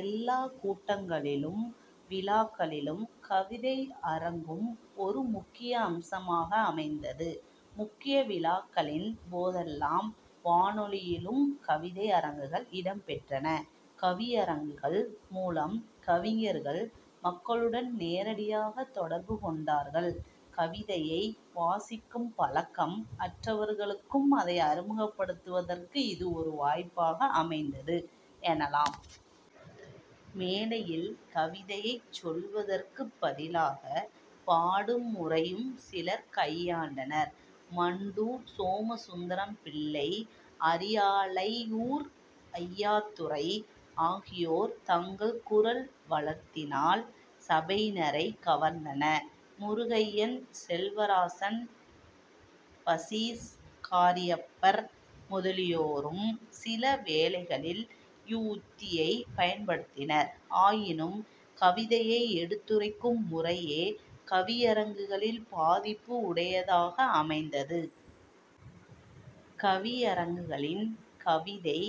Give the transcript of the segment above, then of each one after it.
எல்லாக் கூட்டங்களிலும் விழாக்களிலும் கவிதை அரங்கும் ஒரு முக்கிய அம்சமாக அமைந்தது. முக்கிய விழாக்களின் போதெல்லாம் வானொலியிலும் கவிதை அரங்குகள் இடம்பெற்றன. கவியரங்குகள் மூலம் கவிஞர்கள் மக்களுடன் நேரடியாகத் தொடர்பு கொண்டார்கள். கவிதையை வாசிக்கும் பழக்கம் அற்றவர்களுக்கும் அதை அறிமுகப் படுத்துவதற்கு இது ஒரு வாய்ப்பாக அமைந்தது எனலாம். மேடையில் கவிதையைச் சொல்வதற்குப் பதிலாக பாடும் முறையையும் சிலர் கையாண்டனர். மண்டூர் சோமசுந்தரம்பிள்ளை, அரியாலையூர் ஐயாத்துரை ஆகியோர் தங்கள் குரல் வளத்தினால் சபையினரைக் கவர்ந்தனர். முருகையன், செல்வராசன், பஸீஸ் காரியப்பர் முதலியோரும் சிலவேளைகளில் இவ்வுத்தியைப் பயன்படுத்தினர். ஆயினும் கவிதையை எடுத்துரைக்கும் முறையே கவியரங்குகளில் பாதிப்பு உடையதாக அமைந்தது. கவியரங்குகளில் கவிதை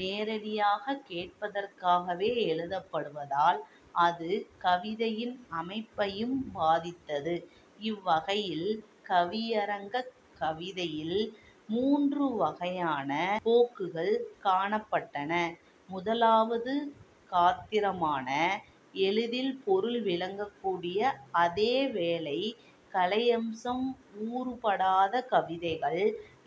நேரடியாகக் கேட்பதற்காகவே எழுதப்படுவதால் அது கவிதையின் அமைப்பையும் பாதித்தது. இவ்வகையில் கவியரங்கக் கவிதையில் மூன்று வகையான போக்குகள் காணப்பட்டன. முதலாவது காத்திரமான எளிதில் பொருள் விளங்கக்கூடிய அதேவேளை கலையம்சம் ஊறுபடாத கவிதைகள்.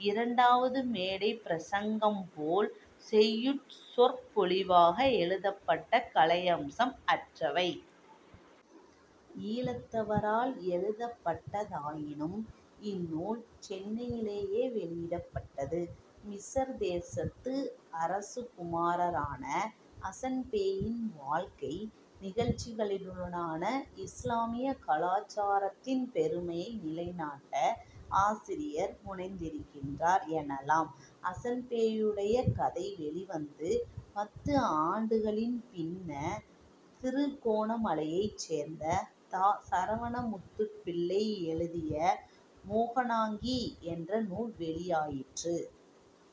இரண்டாவது மேடைப் பிரசங்கம்போல் செய்யுட் சொற்பொழிவாக எழுதப்பட்ட கலையம்சம் அற்றவை. ஈழத்தவரால் எழுதப்பட்டதாயினும் இந்நூல் சென்னையிலேயே வௌயிடப்பட்டது. மிஸர் தேசத்து அரசகுமாரனான அஸன்பேயின் வாழ்க்கை நிகழ்ச்சிகளினூடாக இஸ்லாமிய கலாசாரத்தின் பெருமையை நிலைநாட்ட ஆசிரியர் முனைந்திருக்கிறார் எனலாம். அஸன்பேயுடைய கதை வௌிவந்து பத்து ஆண்டுகளின் பின்ன திருகோணமலையைச் சேர்ந்த த. சரவணமுத்துப்பிள்ளை எழுதிய மோகனாங்கி என்ற நூல் வௌியாயிற்று.